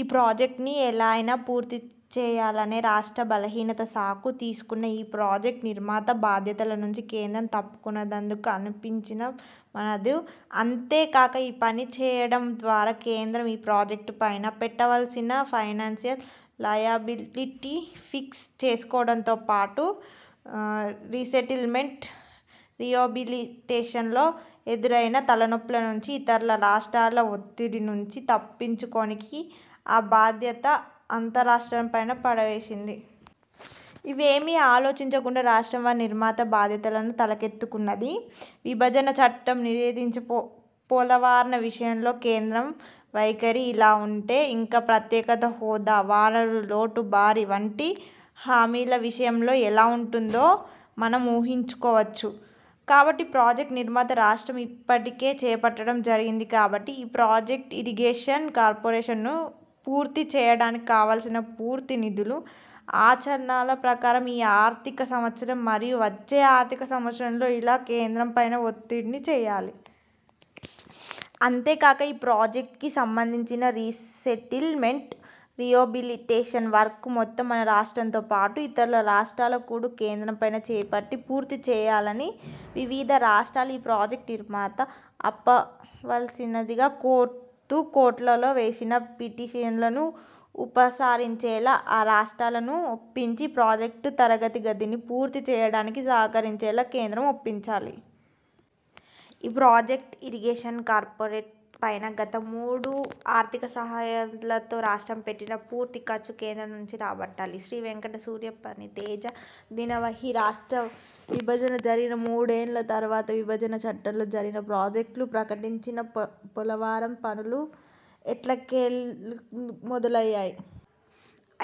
ఈ ప్రాజెక్ట్ ను ఎలా అయినా పూర్తి చేయాలనే రాష్ట్ర బలహీనతను సాకు తీసుకొని ఈ ప్రాజెక్ట్ నిర్మాణ భాధ్యతనుంచి కేంద్రం తప్పుకొన్నదని అనిపించక మానదు. అంతే కాక ఈ పని చేయడం ద్వారా కేంద్రం ఈ ప్రాజెక్ట్ పై పెట్టవలసిన ఫైనాన్సియల్ లయబిలిటీ ని ఫిక్స్ చేసుకోవడం తో పాటు, రీసెటిల్ మెంట్ రీహాబిలిటేషన్ లలో ఎదురయ్యే తలనొప్పుల నుంచి, ఇతర రాష్ట్రాల వత్తిడి నుంచి తప్పిచుకొని ఆ బాధ్యత అంత రాష్ట్రంపై పడవేసినది. ఇవి ఏమీ ఆలోచించకుండా రాష్ట్రం -। నిర్మాణ బాధ్యతలను తలకెత్తుకొన్నది. విభజన చట్టం నిర్దేశించిన పోలవరం విషయంలోనే కేంద్రం వైఖరి ఇలా ఉంటె ఇక ప్రత్యేక హోదా, వనురుల లోటు భర్తీ వంటి హామీల విషయం లో ఎలా ఉంటుందో మనం ఊహించు కోవచ్చు. కాబట్టి ప్రాజెక్ట్ నిర్మాణాన్ని రాష్ట్రం ఇప్పటికే చేపట్టడం జరిగింది కాబట్టి ఈ ప్రాజెక్ట్ ఇరిగేషన్ కంపోనెంట్ ను పూర్తి చేయడానికి కావలసిన పూర్తి నిధులు – అంచనాల ప్రకారం ఈ ఆర్ధిక సంవత్సరం, మరియు వచ్చే ఆర్ధిక సంవత్సరంలో ఇచ్చేలా కేంద్రం పై వత్తిడి చేయాలి. అంతే కాక ఈ ప్రాజెక్ట్ కు సంబంధించి రీసెటిల్ మెంట్ రీహాబిలిటేషన్ వర్క్ మొత్తం మన రాష్ట్రం తో పాటు, ఇతర రాష్ట్రాలలో కూడా కేంద్రమే చేపట్టి పూర్తి చేయాలని, వివిధ రాష్ట్రాలు ఈ ప్రాజెక్ట్ నిర్మాణాన్ని ఆపవలసినదిగా కోరుతూ కోర్టు లలో వేసిన పిటీషన్ ల ను ఉపసంహరించేలా ఆ రాష్ట్రాలను ఒప్పించి ప్రాజెక్ట్ త్వరిత గతిని పూర్తి చేయడానికి సహకరించేలా కేంద్రాన్ని ఒప్పించాలి. ఈ ప్రాజెక్ట్ ఇరిగేషన్ కంపోనెంట్ పై గత మూడు ఆర్ధిక సంవత్సరాలలో రాష్ట్రం పెట్టిన పూర్తి ఖర్చును కేంద్రం నుంచి రాబట్టాలి. శ్రీ వెంకట సూర్య ఫణి తేజ దినవహి రాష్ట్ర విభజన జరిగిన మూడేళ్ళ తరవాత విభజన చట్టంలో జాతీయ ప్రాజెక్ట్గా ప్రకటించిన పోలవరం పనులు ఎట్టకేలకు మొదలు అయ్యాయి.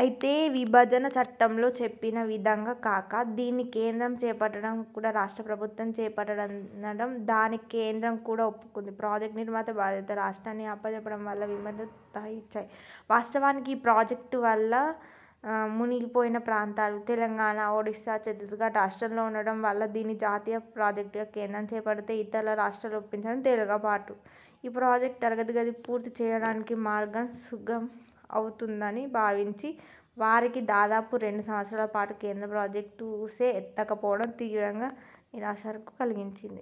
అయితే విభజన చట్టంలో చెప్పిన విధంగా కాక, దీన్ని కేంద్రమే చేపట్టకుండా రాష్ట్ర ప్రభుత్వమే చేపడతాననడం, దానికి కేంద్రం కూడా ఒప్పుకొని- ప్రాజెక్ట్ నిర్మాణ బాధ్యత రాష్ట్రానికి అప్పచెప్పడం పలు విమర్శలకు తావు ఇచ్చింది. వాస్తవానికి, ఈ ప్రాజెక్ట్ వల్ల మునిగి పోయే ప్రాంతాలు తెలంగాణ, ఒడిశా, ఛత్తీగఢ్ రాష్ట్రాలలో ఉండడం వల్ల దీన్ని జాతీయ ప్రాజెక్ట్ గా కేంద్రం చేపడితే ఇతర రాష్ట్రాలను ఒప్పించడం తేలికవడంతో పాటు -ఈ ప్రాజెక్ట్ త్వరితగతిన పూర్తి చేయడానికి మార్గం సుగమం అవుతుందని భావించిన వారికి దాదాపు రెండు సంవత్సరాల పాటు కేంద్రం ప్రాజెక్ట్ ఊసే ఎత్తక పోవడం తీవ్ర నిరాశను కలిగించింది.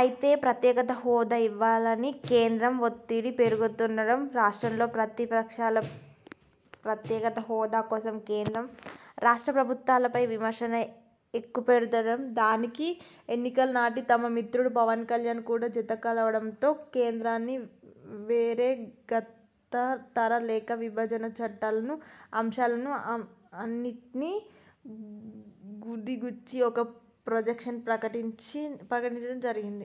అయితే ప్రత్యేక హోదా ఇవ్వాలని కేంద్రం వత్తిడి పెరుగుతుండడం, రాష్ట్రంలోప్రతిపక్షాలన్నీ ప్రత్యేక హోదా కోసం కేంద్రం, రాష్ట్ర ప్రభుత్వాలపై విమర్శలు ఎక్కుపెడుతుండడం, దానికి ఎన్నికల నాటి తమ మిత్రుడు పవన్ కళ్యాణ్ కూడా జత కలవడంతో, కేంద్రాన్ని వేరే గత్యంతరం లేక విభజన చట్టాలలో అంశాలను అన్నింటిని గుదిగుచ్చి ఒక ప్యాకేజీ ప్రకటించడం జరిగింది.